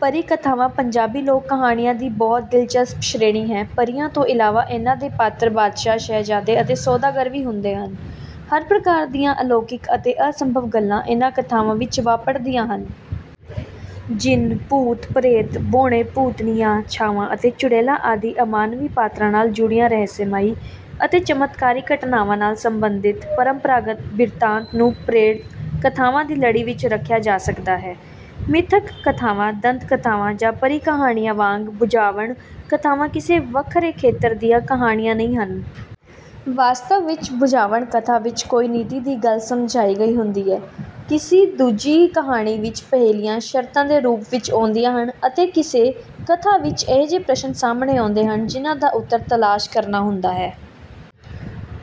ਪਰੀ ਕਥਾਵਾਂ ਪੰਜਾਬੀ ਲੋਕ ਕਹਾਣੀਆਂ ਦੀ ਬਹੁਤ ਦਿਲਚਸਪ ਸ਼੍ਰੇਣੀ ਹੈ। ਪਰੀਆਂ ਤੋਂ ਇਲਾਵਾ ਇਨ੍ਹਾਂ ਦੇ ਪਾਤਰ ਬਾਦਸ਼ਾਹ, ਸ਼ਹਿਜ਼ਾਦੇ ਅਤੇ ਸੌਦਾਗਰ ਵੀ ਹੁੰਦੇ ਹਨ। ਹਰ ਪ੍ਰਕਾਰ ਦੀਆਂ ਅਲੌਕਿਕ ਅਤੇ ਅਸੰਭਵ ਗੱਲਾਂ ਇਨ੍ਹਾਂ ਕਥਾਵਾਂ ਵਿੱਚ ਵਾਪਰਦੀਆਂ ਹਨ। ਜਿੰਨ, ਭੂਤ, ਪ੍ਰੇਤ, ਬੌਣੇ, ਭੂਤਨੀਆਂ, ਛਾਵਾਂ ਅਤੇ ਚੁੜੇਲਾਂ ਆਦਿ ਅਮਾਨਵੀ ਪਾਤਰਾਂ ਨਾਲ ਜੁੜੀਆਂ ਰਹੱਸਮਈ ਅਤੇ ਚਮਤਕਾਰੀ ਘਟਨਾਵਾਂ ਨਾਲ ਸੰਬੰਧਿਤ ਪਰੰਪਰਾਗਤ ਬਿਰਤਾਂਤ ਨੂੰ ਪ੍ਰੇਤ ਕਥਾਵਾਂ ਦੀ ਲੜੀ ਵਿੱਚ ਰੱਖਿਆ ਜਾ ਸਕਦਾ ਹੈ। ਮਿਥਕ ਕਥਾਵਾਂ, ਦੰਤ ਕਥਾਵਾਂ ਜਾਂ ਪਰੀ ਕਹਾਣੀਆਂ ਵਾਂਗ ਬੁਝਾਵਣ ਕਥਾਵਾਂ ਕਿਸੇ ਵੱਖਰੇ ਖੇਤਰ ਦੀਆਂ ਕਹਾਣੀਆਂ ਨਹੀਂ ਹਨ। ਵਾਸਤਵ ਵਿੱਚ ਬੁਝਾਵਣ ਕਥਾ ਵਿੱਚ ਕੋਈ ਨੀਤੀ ਦੀ ਗੱਲ ਸਮਝਾਈ ਗਈ ਹੁੰਦੀ ਹੈ। ਕਿਸੇ ਦੂਜੀ ਕਹਾਣੀ ਵਿੱਚ ਪਹੇਲੀਆਂ ਸ਼ਰਤਾਂ ਦੇ ਰੂਪ ਵਿੱਚ ਆਉਂਦੀਆਂ ਹਨ ਅਤੇ ਕਿਸੇ ਕਥਾ ਵਿੱਚ ਅਜਿਹੇ ਪ੍ਰਸ਼ਨ ਸਾਹਮਣੇ ਆਉਂਦੇ ਹਨ, ਜਿਨ੍ਹਾਂ ਦਾ ਉੱਤਰ ਤਲਾਸ਼ ਕਰਨਾ ਹੁੰਦਾ ਹੈ।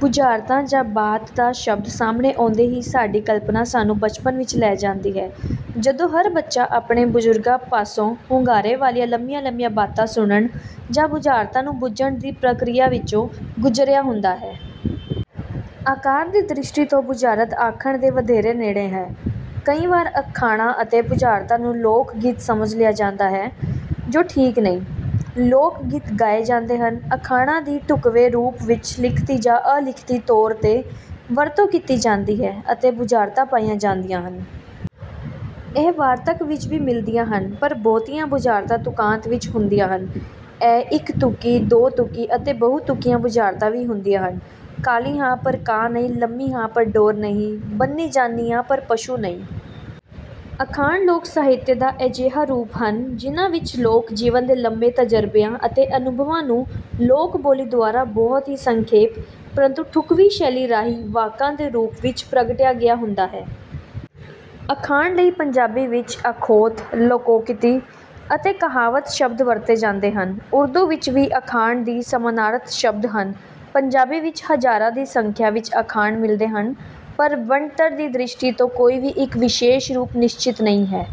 ਬੁਝਾਰਤਾਂ ਜਾਂ ਬਾਤ ਦਾ ਸ਼ਬਦ ਸਾਹਮਣੇ ਆਉਂਦੇ ਹੀ ਸਾਡੀ ਕਲਪਨਾ ਸਾਨੂੰ ਬਚਪਨ ਵਿੱਚ ਲੈ ਜਾਂਦੀ ਹੈ। ਜਦੋਂ ਹਰ ਬੱਚਾ ਆਪਣੇ ਬਜ਼ੁਰਗਾਂ ਪਾਸੋਂ ਹੁੰਗਾਰੇ ਵਾਲੀਆਂ ਲੰਮੀਆਂ-ਲੰਮੀਆਂ ਬਾਤਾਂ ਸੁਣਨ ਜਾਂ ਬੁਝਾਰਤਾਂ ਨੂੰ ਬੁੱਝਣ ਦੀ ਪ੍ਰਕਿਰਿਆ ਵਿੱਚੋਂ ਗੁਜ਼ਰਿਆ ਹੁੰਦਾ ਹੈ। ਆਕਾਰ ਦੀ ਦ੍ਰਿਸ਼ਟੀ ਤੋਂ ਬੁਝਾਰਤ ਅਖਾਣ ਦੇ ਵਧੇਰੇ ਨੇੜੇ ਹੈ। ਕਈ ਵਾਰ ਅਖਾਣਾਂ ਅਤੇ ਬੁਝਾਰਤਾਂ ਨੂੰ ਲੋਕ-ਗੀਤ ਸਮਝ ਲਿਆ ਜਾਂਦਾ ਹੈ, ਜੋ ਠੀਕ ਨਹੀਂ। ਲੋਕ-ਗੀਤ ਗਾਏ ਜਾਂਦੇ ਹਨ। ਅਖਾਣਾਂ ਦੀ ਢੁੱਕਵੇਂ ਰੂਪ ਵਿੱਚ ਲਿਖਤੀ ਜਾਂ ਅਲਿਖਤੀ ਤੌਰ ’ਤੇ ਵਰਤੋਂ ਕੀਤੀ ਜਾਂਦੀ ਹੈ ਅਤੇ ਬੁਝਾਰਤਾਂ ਪਾਈਆਂ ਜਾਂਦੀਆਂ ਹਨ। ਇਹ ਵਾਰਤਕ ਵਿੱਚ ਵੀ ਮਿਲਦੀਆਂ ਹਨ, ਪਰ ਬਹੁਤੀਆਂ ਬੁਝਾਰਤਾਂ ਤੁਕਾਂਤ ਵਿੱਚ ਹੁੰਦੀਆਂ ਹਨ। ਇਹ ਇੱਕ-ਤੁਕੀ, ਦੋ-ਤੁਕੀ ਅਤੇ ਬਹੁ-ਤੁਕੀਆਂ ਬੁਝਾਰਤਾਂ ਵੀ ਹੁੰਦੀਆਂ ਹਨ। ਕਾਲੀ ਹਾਂ ਪਰ ਕਾਂ ਨਹੀਂ, ਲੰਮੀ ਹਾਂ ਪਰ ਡੋਰ ਨਹੀਂ, ਬੰਨ੍ਹੀ ਜਾਂਦੀ ਹਾਂ ਪਰ ਪਸ਼ੂ ਨਹੀਂ। ਅਖਾਣ ਲੋਕ ਸਾਹਿਤ ਦਾ ਅਜਿਹਾ ਰੂਪ ਹਨ, ਜਿਨ੍ਹਾਂ ਵਿੱਚ ਲੋਕ-ਜੀਵਨ ਦੇ ਲੰਮੇ ਤਜਰਬਿਆਂ ਅਤੇ ਅਨੁਭਵਾਂ ਨੂੰ ਲੋਕ-ਬੋਲੀ ਦੁਆਰਾ ਬਹੁਤ ਹੀ ਸੰਖੇਪ, ਪਰੰਤੂ ਢੁੱਕਵੀਂ ਸ਼ੈਲੀ ਰਾਹੀਂ ਵਾਕਾਂ ਦੇ ਰੂਪ ਵਿੱਚ ਪ੍ਰਗਟਾਇਆ ਗਿਆ ਹੁੰਦਾ ਹੈ। ਅਖਾਣ ਲਈ ਪੰਜਾਬੀ ਵਿੱਚ ਅਖੌਤ, ਲੋਕੋਕਤੀ ਅਤੇ ਕਹਾਵਤ ਸ਼ਬਦ ਵਰਤੇ ਜਾਂਦੇ ਹਨ। ਉਰਦੂ ਵਿੱਚ ਵੀ ਅਖਾਣ ਦ ਸਮਾਨਾਰਥਕ ਸ਼ਬਦ ਹਨ। ਪੰਜਾਬੀ ਵਿੱਚ ਹਜ਼ਾਰਾਂ ਦੀ ਸੰਖਿਆ ਵਿੱਚ ਅਖਾਣ ਮਿਲਦੇ ਹਨ, ਪਰ ਬਣਤਰ ਦੀ ਦ੍ਰਿਸ਼ਟੀ ਤੋਂ ਕੋਈ ਵੀ ਇੱਕ ਵਿਸ਼ੇਸ਼ ਰੂਪ ਨਿਸ਼ਚਿਤ ਨਹੀਂ ਹੈ।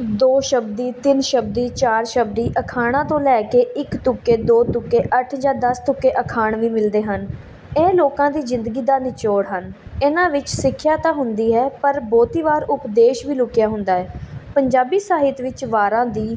ਦੋ-ਸ਼ਬਦੀ, ਤਿੰਨ-ਸ਼ਬਦੀ, ਚਾਰ-ਸ਼ਬਦੀ ਅਖਾਣਾਂ ਤੋਂ ਲੈ ਕੇ ਇੱਕ-ਤੁਕੇ, ਦੋ-ਤੁਕੇ, ਅੱਠ ਜਾਂ ਦਸ-ਤੁਕੇ ਅਖਾਣ ਵੀ ਮਿਲਦੇ ਹਨ। ਇਹ ਲੋਕਾਂ ਦੀ ਜ਼ਿੰਦਗੀ ਦਾ ਨਿਚੋੜ ਹਨ। ਇਨ੍ਹਾਂ ਵਿੱਚ ਸਿੱਖਿਆ ਤਾਂ ਹੁੰਦੀ ਹੀ ਹੈ, ਪਰ ਬਹੁਤੀ ਵਾਰ ਉਪਦੇਸ਼ ਵੀ ਲੁਕਿਆ ਹੁੰਦਾ ਹੈ। ਪੰਜਾਬੀ ਸਾਹਿਤ ਵਿੱਚ ਵਾਰਾਂ ਦੀ…